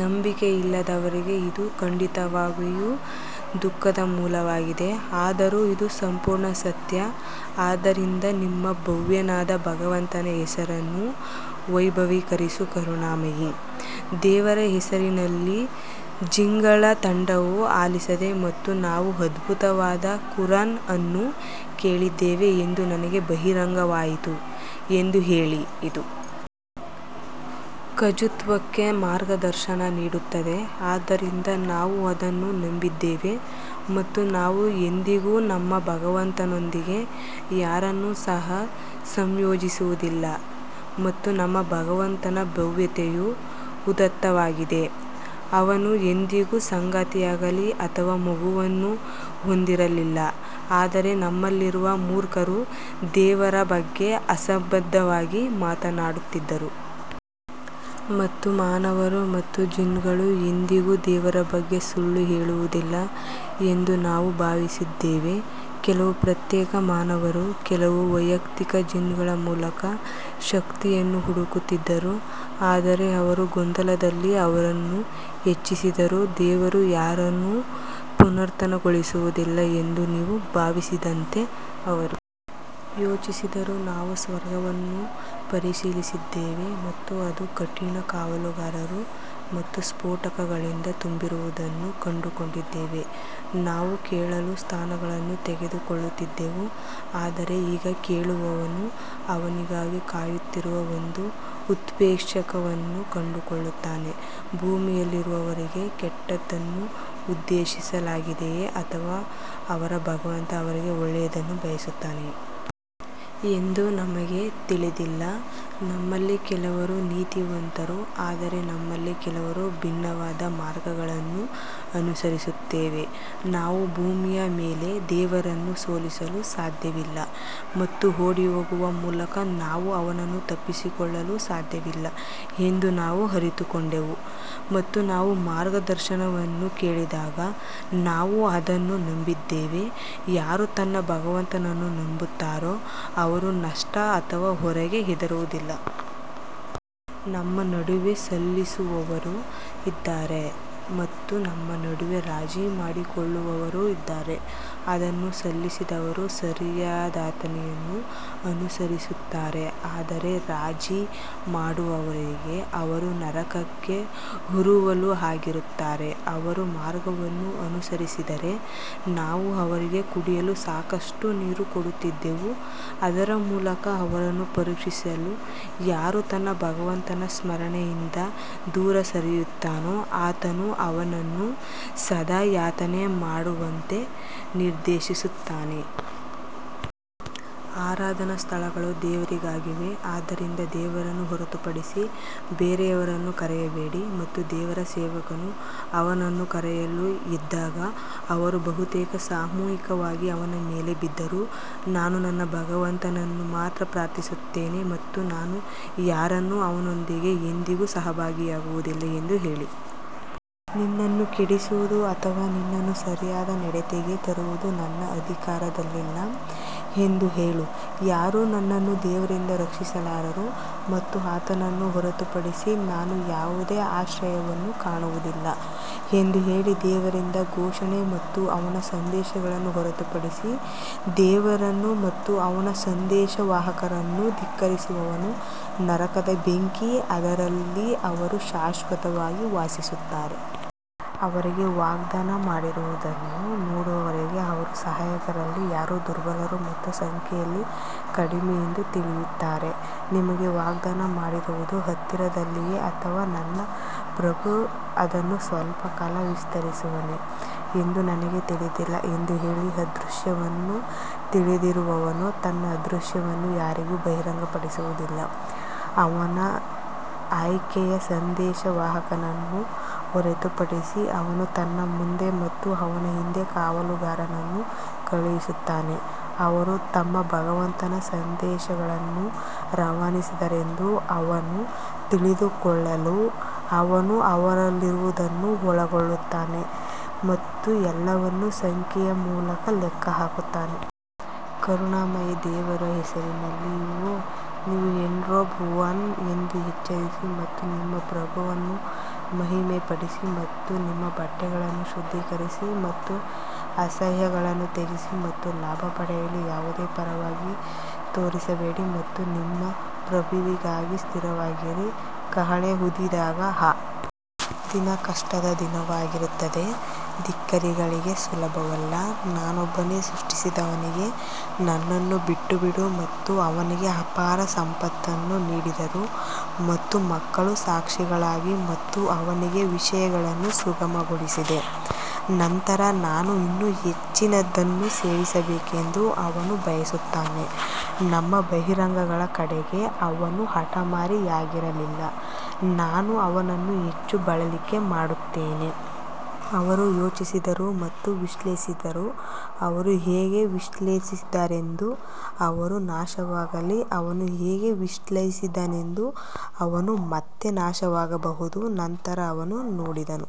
ನಂಬಿಕೆಯಿಲ್ಲದವರಿಗೆ ಇದು ಖಂಡಿತವಾಗಿಯೂ ದುಃಖದ ಮೂಲವಾಗಿದೆ ಆದರೂ ಇದು ಸಂಪೂರ್ಣ ಸತ್ಯ ಆದ್ದರಿಂದ ನಿಮ್ಮ ಭವ್ಯನಾದ ಭಗವಂತನ ಹೆಸರನ್ನು ವೈಭವೀಕರಿಸು ಕರುಣಾಮಯಿ ದೇವರ ಹೆಸರಿನಲ್ಲಿ ಜಿನ್ಗಳ ತಂಡವು ಆಲಿಸಿದೆ ಮತ್ತು ನಾವು ಅದ್ಭುತವಾದ ಕುರಾನ್ ಅನ್ನು ಕೇಳಿದ್ದೇವೆ ಎಂದು ನನಗೆ ಬಹಿರಂಗವಾಯಿತು ಎಂದು ಹೇಳಿ. ಇದು ಋಜುತ್ವಕ್ಕೆ ಮಾರ್ಗದರ್ಶನ ನೀಡುತ್ತದೆ ಆದ್ದರಿಂದ ನಾವು ಅದನ್ನು ನಂಬಿದ್ದೇವೆ ಮತ್ತು ನಾವು ಎಂದಿಗೂ ನಮ್ಮ ಭಗವಂತನೊಂದಿಗೆ ಯಾರನ್ನೂ ಸಹ ಸಂಯೋಜಿಸುವುದಿಲ್ಲ ಮತ್ತು ನಮ್ಮ ಭಗವಂತನ ಭವ್ಯತೆಯು ಉದಾತ್ತವಾಗಿದೆ, ಅವನು ಎಂದಿಗೂ ಸಂಗಾತಿಯಾಗಲಿ ಅಥವಾ ಮಗುವನ್ನು ಹೊಂದಿರಲಿಲ್ಲ ಆದರೆ ನಮ್ಮಲ್ಲಿರುವ ಮೂರ್ಖರು ದೇವರ ಬಗ್ಗೆ ಅಸಂಬದ್ಧವಾಗಿ ಮಾತನಾಡುತ್ತಿದ್ದರು ಮತ್ತು ಮಾನವರು ಮತ್ತು ಜಿನ್ಗಳು ಎಂದಿಗೂ ದೇವರ ಬಗ್ಗೆ ಸುಳ್ಳು ಹೇಳುವುದಿಲ್ಲ ಎಂದು ನಾವು ಭಾವಿಸಿದ್ದೇವೆ ಕೆಲವು ಪ್ರತ್ಯೇಕ ಮಾನವರು ಕೆಲವು ವೈಯಕ್ತಿಕ ಜಿನ್ಗಳ ಮೂಲಕ ಶಕ್ತಿಯನ್ನು ಹುಡುಕುತ್ತಿದ್ದರು ಆದರೆ ಅವರು ಗೊಂದಲದಲ್ಲಿ ಅವರನ್ನು ಹೆಚ್ಚಿಸಿದರು ದೇವರು ಯಾರನ್ನೂ ಪುನರುತ್ಥಾನಗೊಳಿಸುವುದಿಲ್ಲ ಎಂದು ನೀವು ಭಾವಿಸಿದಂತೆ ಅವರು ಯೋಚಿಸಿದರು ನಾವು ಸ್ವರ್ಗವನ್ನು ಪರಿಶೀಲಿಸಿದ್ದೇವೆ ಮತ್ತು ಅದು ಕಠಿಣ ಕಾವಲುಗಾರರು ಮತ್ತು ಸ್ಪೋಟಕಗಳಿಂದ ತುಂಬಿರುವುದನ್ನು ಕಂಡುಕೊಂಡಿದ್ದೇವೆ ನಾವು ಕೇಳಲು ಸ್ಥಾನಗಳನ್ನು ತೆಗೆದುಕೊಳ್ಳುತ್ತಿದ್ದೆವು ಆದರೆ ಈಗ ಕೇಳುವವನು ಅವನಿಗಾಗಿ ಕಾಯುತ್ತಿರುವ ಒಂದು ಉತ್ಕ್ಷೇಪಕವನ್ನು ಕಂಡುಕೊಳ್ಳುತ್ತಾನೆ ಭೂಮಿಯಲ್ಲಿರುವವರಿಗೆ ಕೆಟ್ಟದ್ದನ್ನು ಉದ್ದೇಶಿಸಲಾಗಿದೆಯೇ ಅಥವಾ ಅವರ ಭಗವಂತ ಅವರಿಗೆ ಒಳ್ಳೆಯದನ್ನು ಬಯಸುತ್ತಾನೆಯೇ ಎಂದು ನಮಗೆ ತಿಳಿದಿಲ್ಲ ನಮ್ಮಲ್ಲಿ ಕೆಲವರು ನೀತಿವಂತರು ಆದರೆ ನಮ್ಮಲ್ಲಿ ಕೆಲವರು ಭಿನ್ನವಾದ ಮಾರ್ಗಗಳನ್ನು ಅನುಸರಿಸುತ್ತೇವೆ ನಾವು ಭೂಮಿಯ ಮೇಲೆ ದೇವರನ್ನು ಸೋಲಿಸಲು ಸಾಧ್ಯವಿಲ್ಲ ಮತ್ತು ಓಡಿಹೋಗುವ ಮೂಲಕ ನಾವು ಅವನನ್ನು ತಪ್ಪಿಸಿಕೊಳ್ಳಲು ಸಾಧ್ಯವಿಲ್ಲ ಎಂದು ನಾವು ಅರಿತುಕೊಂಡೆವು ಮತ್ತು ನಾವು ಮಾರ್ಗದರ್ಶನವನ್ನು ಕೇಳಿದಾಗ ನಾವು ಅದನ್ನು ನಂಬಿದ್ದೇವೆ, ಯಾರು ತನ್ನ ಭಗವಂತನನ್ನು ನಂಬುತ್ತಾರೋ ಅವರು ನಷ್ಟ ಅಥವಾ ಹೊರೆಗೆ ಹೆದರುವುದಿಲ್ಲ. ನಮ್ಮ ನಡುವೆ ಸಲ್ಲಿಸುವವರು ಇದ್ದಾರೆ ಮತ್ತು ನಮ್ಮ ನಡುವೆ ರಾಜಿ ಮಾಡಿಕೊಳ್ಳುವವರು ಇದ್ದಾರೆ ಅದನ್ನು ಸಲ್ಲಿಸಿದವರು ಸರಿಯಾದತೆಯನ್ನು ಅನುಸರಿಸುತ್ತಾರೆ ಆದರೆ ರಾಜಿ ಮಾಡುವವರಿಗೆ ಅವರು ನರಕಕ್ಕೆ ಉರುವಲು ಆಗಿರುತ್ತಾರೆ ಅವರು ಮಾರ್ಗವನ್ನು ಅನುಸರಿಸಿದ್ದರೆ ನಾವು ಅವರಿಗೆ ಕುಡಿಯಲು ಸಾಕಷ್ಟು ನೀರು ಕೊಡುತ್ತಿದ್ದೆವು ಅದರ ಮೂಲಕ ಅವರನ್ನು ಪರೀಕ್ಷಿಸಲು ಯಾರು ತನ್ನ ಭಗವಂತನ ಸ್ಮರಣೆಯಿಂದ ದೂರ ಸರಿಯುತ್ತಾನೋ ಆತನು ಅವನನ್ನು ಸದಾ ಯಾತನೆ ಮಾಡುವಂತೆ ನಿರ್ದೇಶಿಸುತ್ತಾನೆ. ಆರಾಧನಾ ಸ್ಥಳಗಳು ದೇವರಿಗಾಗಿವೆ ಆದ್ದರಿಂದ ದೇವರನ್ನು ಹೊರತುಪಡಿಸಿ ಬೇರೆಯವರನ್ನು ಕರೆಯಬೇಡಿ ಮತ್ತು ದೇವರ ಸೇವಕನು ಅವನನ್ನು ಕರೆಯಲು ಎದ್ದಾಗ ಅವರು ಬಹುತೇಕ ಸಾಮೂಹಿಕವಾಗಿ ಅವನ ಮೇಲೆ ಬಿದ್ದರು ನಾನು ನನ್ನ ಭಗವಂತನನ್ನು ಮಾತ್ರ ಪ್ರಾರ್ಥಿಸುತ್ತೇನೆ ಮತ್ತು ನಾನು ಯಾರನ್ನೂ ಅವನೊಂದಿಗೆ ಎಂದಿಗೂ ಸಹಭಾಗಿಯಾಗುವುದಿಲ್ಲ ಎಂದು ಹೇಳಿ ನಿನ್ನನ್ನು ಕೆಡಿಸುವುದು ಅಥವಾ ನಿನ್ನನ್ನು ಸರಿಯಾದ ನಡತೆಗೆ ತರುವುದು ನನ್ನ ಅಧಿಕಾರದಲ್ಲಿಲ್ಲ ಎಂದು ಹೇಳು ಯಾರೂ ನನ್ನನ್ನು ದೇವರಿಂದ ರಕ್ಷಿಸಲಾರರು ಮತ್ತು ಆತನನ್ನು ಹೊರತುಪಡಿಸಿ ನಾನು ಯಾವುದೇ ಆಶ್ರಯವನ್ನು ಕಾಣುವುದಿಲ್ಲ ಎಂದು ಹೇಳಿ ದೇವರಿಂದ ಘೋಷಣೆ ಮತ್ತು ಅವನ ಸಂದೇಶಗಳನ್ನು ಹೊರತುಪಡಿಸಿ, ದೇವರನ್ನು ಮತ್ತು ಅವನ ಸಂದೇಶವಾಹಕರನ್ನು ಧಿಕ್ಕರಿಸುವವನು ನರಕದ ಬೆಂಕಿ, ಅದರಲ್ಲಿ ಅವರು ಶಾಶ್ವತವಾಗಿ ವಾಸಿಸುತ್ತಾರೆ. ಅವರಿಗೆ ವಾಗ್ದಾನ ಮಾಡಿರುವುದನ್ನು ನೋಡುವವರೆಗೆ ಅವರು ಸಹಾಯಕರಲ್ಲಿ ಯಾರು ದುರ್ಬಲರು ಮತ್ತು ಸಂಖ್ಯೆಯಲ್ಲಿ ಕಡಿಮೆ ಎಂದು ತಿಳಿಯುತ್ತಾರೆ ನಿಮಗೆ ವಾಗ್ದಾನ ಮಾಡಿರುವುದು ಹತ್ತಿರದಲ್ಲಿದೆಯೇ ಅಥವಾ ನನ್ನ ಪ್ರಭು ಅದನ್ನು ಸ್ವಲ್ಪ ಕಾಲ ವಿಸ್ತರಿಸುವನೇ ಎಂದು ನನಗೆ ತಿಳಿದಿಲ್ಲ ಎಂದು ಹೇಳಿ ಅದೃಶ್ಯವನ್ನು ತಿಳಿದಿರುವವನು ತನ್ನ ಅದೃಶ್ಯವನ್ನು ಯಾರಿಗೂ ಬಹಿರಂಗಪಡಿಸುವುದಿಲ್ಲ ಅವನ ಆಯ್ಕೆಯ ಸಂದೇಶವಾಹಕನನ್ನು ಹೊರತುಪಡಿಸಿ ಅವನು ತನ್ನ ಮುಂದೆ ಮತ್ತು ಅವನ ಹಿಂದೆ ಕಾವಲುಗಾರರನ್ನು ಕಳುಹಿಸುತ್ತಾನೆ ಅವರು ತಮ್ಮ ಭಗವಂತನ ಸಂದೇಶಗಳನ್ನು ರವಾನಿಸಿದ್ದಾರೆಂದು ಅವನು ತಿಳಿದುಕೊಳ್ಳಲು ಅವನು ಅವರಲ್ಲಿರುವುದನ್ನು ಒಳಗೊಳ್ಳುತ್ತಾನೆ ಮತ್ತು ಎಲ್ಲವನ್ನೂ ಸಂಖ್ಯೆಯ ಮೂಲಕ ಲೆಕ್ಕ ಹಾಕುತ್ತಾನೆ. ಕರುಣಾಮಯಿ ದೇವರ ಹೆಸರಿನಲ್ಲಿ ಓ ನೀವು ಎನ್ರೋಬ್ಡ್ ಒನ್ ಎದ್ದು ಎಚ್ಚರಿಸಿ ಮತ್ತು ನಿಮ್ಮ ಪ್ರಭುವನ್ನು ಮಹಿಮೆಪಡಿಸಿ ಮತ್ತು ನಿಮ್ಮ ಬಟ್ಟೆಗಳನ್ನು ಶುದ್ಧೀಕರಿಸಿ ಮತ್ತು ಅಸಹ್ಯಗಳನ್ನು ತ್ಯಜಿಸಿ ಮತ್ತು ಲಾಭ ಪಡೆಯಲು ಯಾವುದೇ ಪರವಾಗಿ ತೋರಿಸಬೇಡಿ ಮತ್ತು ನಿಮ್ಮ ಪ್ರಭುವಿಗಾಗಿ ಸ್ಥಿರವಾಗಿರಿ ಕಹಳೆ ಊದಿದಾಗ ಆ ದಿನ ಕಷ್ಟದ ದಿನವಾಗಿರುತ್ತದೆ ಧಿಕ್ಕಾರಿಗಳಿಗೆ ಸುಲಭವಲ್ಲ ನಾನೊಬ್ಬನೇ ಸೃಷ್ಟಿಸಿದವನಿಗೆ ನನ್ನನ್ನು ಬಿಟ್ಟುಬಿಡು ಮತ್ತು ಅವನಿಗೆ ಅಪಾರ ಸಂಪತ್ತನ್ನು ನೀಡಿದರು ಮತ್ತು ಮಕ್ಕಳು ಸಾಕ್ಷಿಗಳಾಗಿ ಮತ್ತು ಅವನಿಗೆ ವಿಷಯಗಳನ್ನು ಸುಗಮಗೊಳಿಸಿದೆ ನಂತರ ನಾನು ಇನ್ನೂ ಹೆಚ್ಚಿನದನ್ನು ಸೇರಿಸಬೇಕೆಂದು ಅವನು ಬಯಸುತ್ತಾನೆ ನಮ್ಮ ಬಹಿರಂಗಗಳ ಕಡೆಗೆ ಅವನು ಹಠಮಾರಿಯಾಗಿರಲಿಲ್ಲ ನಾನು ಅವನನ್ನು ಹೆಚ್ಚು ಬಳಲಿಕೆ ಮಾಡುತ್ತೇನೆ ಅವರು ಯೋಚಿಸಿದರು ಮತ್ತು ವಿಶ್ಲೇಷಿಸಿದರು ಅವರು ಹೇಗೆ ವಿಶ್ಲೇಷಿಸಿದ್ದಾರೆಂದು ಅವರು ನಾಶವಾಗಲಿ ಅವನು ಹೇಗೆ ವಿಶ್ಲೇಷಿಸಿದನೆಂದು ಅವನು ಮತ್ತೆ ನಾಶವಾಗಬಹುದು ನಂತರ ಅವನು ನೋಡಿದನು.